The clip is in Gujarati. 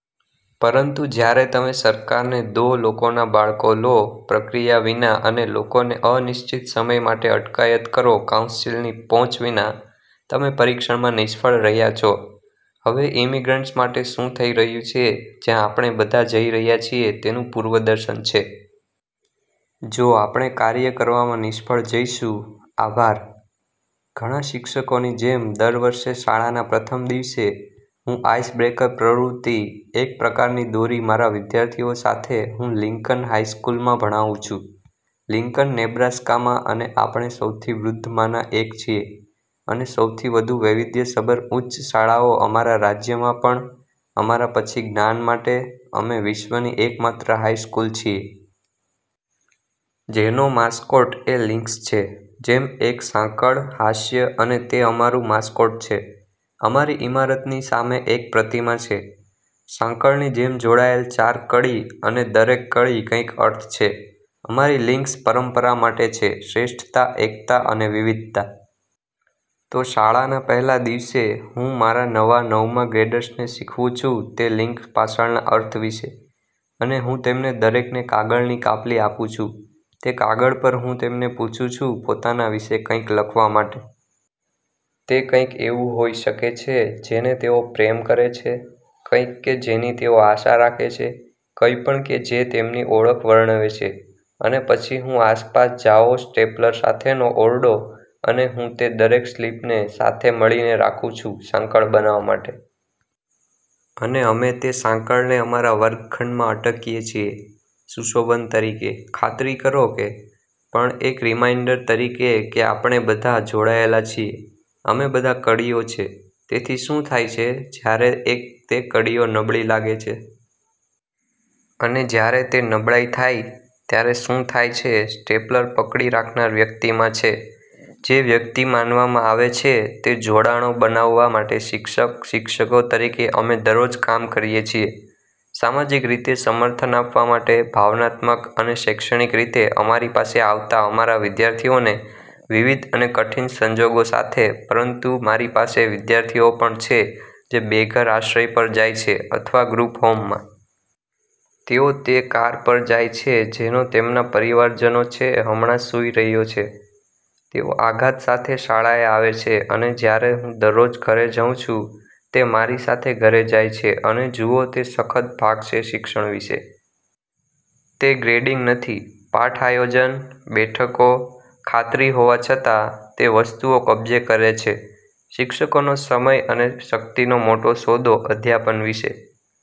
પરંતુ જ્યારે તમે સરકારને દો લોકોના બાળકો લો પ્રક્રિયા વિના અને લોકોને અનિશ્ચિત સમય માટે અટકાયત કરો કાઉન્સિલની પહોંચ વિના, તમે પરીક્ષણમાં નિષ્ફળ રહ્યા છો. હવે ઇમિગ્રન્ટ્સ માટે શું થઈ રહ્યું છે, જ્યાં આપણે બધા જઇ રહ્યા છીએ તેનું પૂર્વદર્શન છે. જો આપણે કાર્ય કરવામાં નિષ્ફળ જઈશું. આભાર. ઘણા શિક્ષકોની જેમ, દર વર્ષે શાળાના પ્રથમ દિવસે, હું આઇસબ્રેકર પ્રવૃત્તિ એક પ્રકારની દોરી મારા વિદ્યાર્થીઓ સાથે હું લિંકન હાઇ સ્કૂલમાં ભણાવું છું .લિંકન, નેબ્રાસ્કામાં અને આપણે સૌથી વૃદ્ધમાંના એક છીએ અને સૌથી વધુ વૈવિધ્યસભર ઉચ્ચ શાળાઓ અમારા રાજ્યમાં પણ, અમારા પછી જ્ઞાન માટે, અમે વિશ્વની એકમાત્ર હાઇ સ્કૂલ છીએ. જેનો માસ્કોટ એ લિંક્સ છે. જેમ, એક સાંકળ. હાસ્ય અને તે અમારું માસ્કોટ છે, અમારી ઇમારતની સામે એક પ્રતિમા છે. સાંકળની જેમ જોડાયેલ ચાર કડી અને દરેક કડી કંઈક અર્થ છે. અમારી લિંક્સ પરંપરા માટે છે, શ્રેષ્ઠતા, એકતા અને વિવિધતા. તો શાળાના પહેલા દિવસે હું મારા નવા નવમા-ગ્રેડર્સને શીખવું છું તે લિંક્સ પાછળના અર્થ વિશે અને હું તેમને દરેકને કાગળની કાપલી આપુંછું. તે કાગળ પર, હું તેમને પૂછું છું પોતાના વિશે કંઈક લખવા માટે. તેકંઈક એવું હોઈ શકે છે જેને તેઓ પ્રેમ કરે છે, કંઈક કે જેની તેઓ આશા રાખે છે, કંઈપણ કે જે તેમની ઓળખ વર્ણવે છે અને પછી હું આસપાસ જાઓ સ્ટેપલર સાથેનો ઓરડો અને હું તે દરેક સ્લિપને સાથે મળીને રાખું છું સાંકળ બનાવવા માટે. અને અમે તે સાંકળને અમારા વર્ગખંડમાં અટકીએ છીએ સુશોભન તરીકે, ખાતરી કરો કે, પણ એક રીમાઇન્ડર તરીકે કે આપણે બધા જોડાયેલા છીએ. અમે બધા કડીઓ છે. તેથી શું થાય છે જ્યારે એક તે કડીઓ નબળી લાગે છે? અને જ્યારે તે નબળાઇ થાય ત્યારે શું થાય છે, સ્ટેપલર પકડી રાખનાર વ્યક્તિમાં છે? જે વ્યક્તિ માનવામાં આવે છે તે જોડાણો બનાવવા માટે શિક્ષક. શિક્ષકો તરીકે અમે દરરોજ કામ કરીએ છીએ. સામાજિક રીતે સમર્થન આપવા માટે, ભાવનાત્મક અને શૈક્ષણિક રીતે અમારી પાસે આવતા અમારા વિદ્યાર્થીઓને વિવિધ અને કઠિન સંજોગો સાથે, પરંતુ મારી પાસે વિદ્યાર્થીઓ પણ છે જે બેઘર આશ્રય પર જાય છે અથવા ગ્રુપ હોમમાં. તેઓ તે કાર પર જાય છે જેનો તેમના પરિવારજનો છે હમણાં સૂઈ રહ્યો છે. તેઓ આઘાત સાથે શાળાએ આવે છે, અને જ્યારે હું દરરોજ ઘરે જઉં છું, તે મારી સાથે ઘરે જાય છે અને જુઓ તે સખત ભાગ છે શિક્ષણ વિશે. તે ગ્રેડિંગ નથી, પાઠ આયોજન, બેઠકો, ખાતરી હોવા છતાં, તે વસ્તુઓ કબજે કરે છે. શિક્ષકોનો સમય અને શક્તિનો મોટો સોદો અધ્યાપન વિશે.